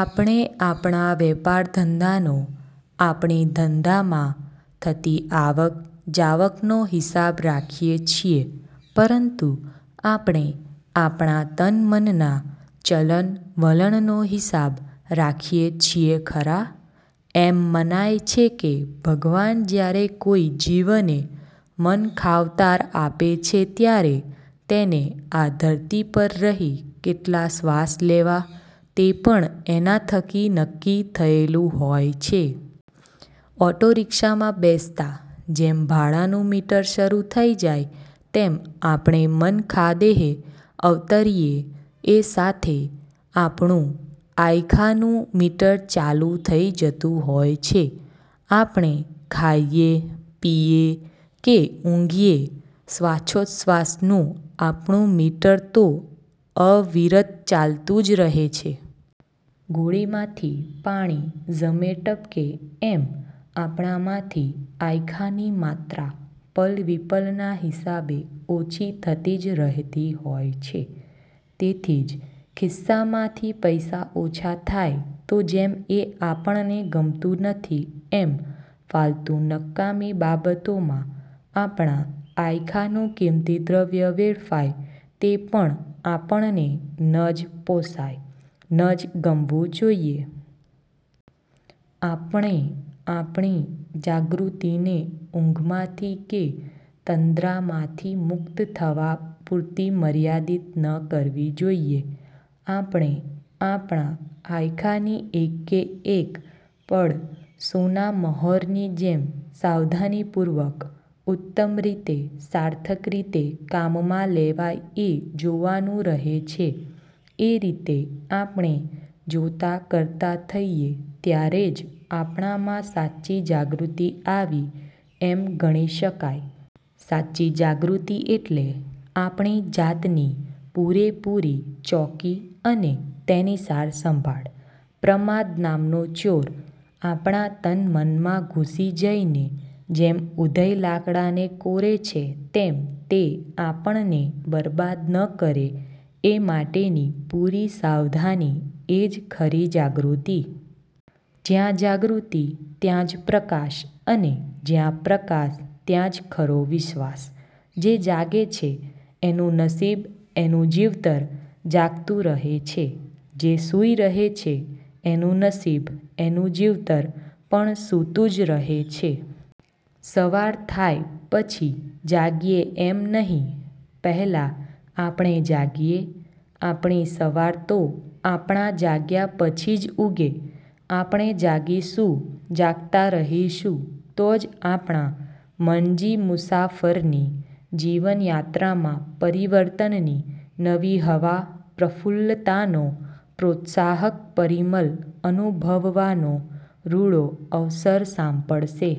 આપણે આપણા વેપારધંધાનો – આપણી ધંધામાં થતી આવક-જાવકનો હિસાબ રાખીએ છીએ પરંતુ આપણે આપણા તન-મનના ચલણ-વલણનો હિસાબ રાખીએ છીએ ખરા? એમ મનાય છે કે ભગવાન જ્યારે કોઈ જીવને મનખાવતાર આપે છે ત્યારે તેને આ ધરતી પર રહી કેટલા શ્વાસ લેવા તે પણ એના થકી નક્કી થયેલું હોય છે! ઑટોરિક્ષામાં બેસતાં જેમ ભાડાનું મીટર શરૂ થઈ જાય તેમ આપણે મનખાદેહે અવતરીએ એ સાથે આપણું આયખાનું મીટર ચાલુ થઈ જતું હોય છે. આપણે ખાઈએ, પીએ કે ઊંઘીએ; શ્વાસોચ્છ્વાસનું આપણું મીટર તો અવિરત ચાલતું જ રહે છે. ગોળીમાંથી પાણી ઝમે-ટપકે એમ આપણામાંથી આયખાની માત્રા પલ-વિપલના હિસાબે ઓછી થતી જ રહેતી હોય છે. તેથી જ ખિસ્સામાંથી પૈસા ઓછા થાય તો જેમ એ આપણને ગમતું નથી એમ ફાલતુ – નકામી બાબતોમાં આપણા આયખાનું કિંમતી દ્રવ્ય વેડફાય તે પણ આપણને ન જ પોષાય – ન જ ગમવું જોઈએ. આપણે આપણી જાગૃતિને ઊંઘમાંથી કે તંદ્રામાંથી મુક્ત થવા પૂરતી મર્યાદિત ન કરવી જોઈએ. આપણે આપણા આયખાની એકેએક પળ સોનામહોરની જેમ સાવધાનીપૂર્વક ઉત્તમ રીતે – સાર્થક રીતે કામમાં લેવાય એ જોવાનું રહે છે. એ રીતે આપણે જોતા-કરતા થઈએ ત્યારે જ આપણામાં સાચી જાગૃતિ આવી એમ ગણી શકાય. સાચી જાગૃતિ એટલે આપણી જાતની પૂરેપૂરી ચોકી અને તેની સારસંભાળ. પ્રમાદ નામનો ચોર આપણા તન-મનમાં ઘૂસી જઈને, જેમ ઊધઈ લાકડાને કોરે છે તેમ તે આપણને બરબાદ ન કરે એ માટેની પૂરી સાવધાની એ જ ખરી જાગૃતિ. જ્યાં જાગૃતિ ત્યાં જ પ્રકાશ અને જ્યાં પ્રકાશ ત્યાં જ ખરો વિકાસ. જે જાગે છે એનું નસીબ – એનું જીવતર જાગતું રહે છે; જે સૂઈ રહે છે એનું નસીબ – એનું જીવતર પણ સૂતું જ રહે છે. સવાર થાય પછી જાગીએ એમ નહીં; પહેલાં આપણે જાગીએ, આપણી સવાર તો આપણા જાગ્યા પછી જ ઊગે. આપણે જાગીશું – જાગતા રહીશું તો જ આપણા મનજી મુસાફરની જીવનયાત્રામાં પરિવર્તનની નવી હવા, પ્રફુલ્લતાનો પ્રોત્સાહક પરિમલ અનુભવવાનો રૂડો અવસર સાંપડશે.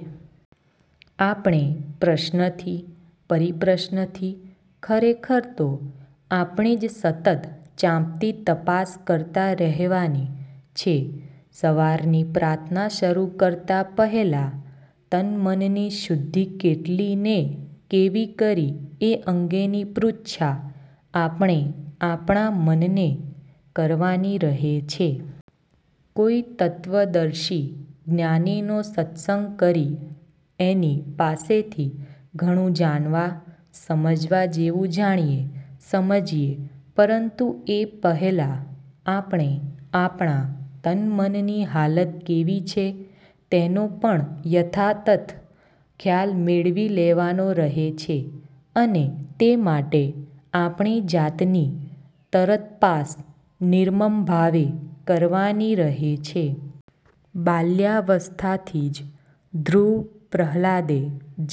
આપણે પ્રશ્નથી – પરિપ્રશ્નથી ખરેખર તો આપણી જ સતત ચાંપતી તપાસ કરતા રહેવાની છે. સવારની પ્રાર્થના શરૂ કરતાં પહેલાં તનમનની શુદ્ધિ કેટલી ને કેવી કરી એ અંગેની પૃચ્છા આપણે આપણા મનને કરવાની રહે છે. કોઈ તત્ત્વદર્શી જ્ઞાનીનો સત્સંગ કરી એની પાસેથી ઘણું જાણવા – સમજવા જેવું જાણીએ – સમજીએ; પરંતુ એ પહેલાં આપણે આપણા તન-મનની હાલત કેવી છે તેનો પણ યથાતથ ખ્યાલ મેળવી લેવાનો રહે છે અને તે માટે આપણી જાતની તરતપાસ નિર્મમભાવે કરવાની રહે છે. બાલ્યાવસ્થાથી જ ધ્રુવ-પ્રહ્લાદે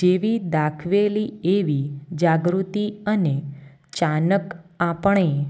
જેવી દાખવેલી એવી જાગૃતિ અને ચાનક આપણે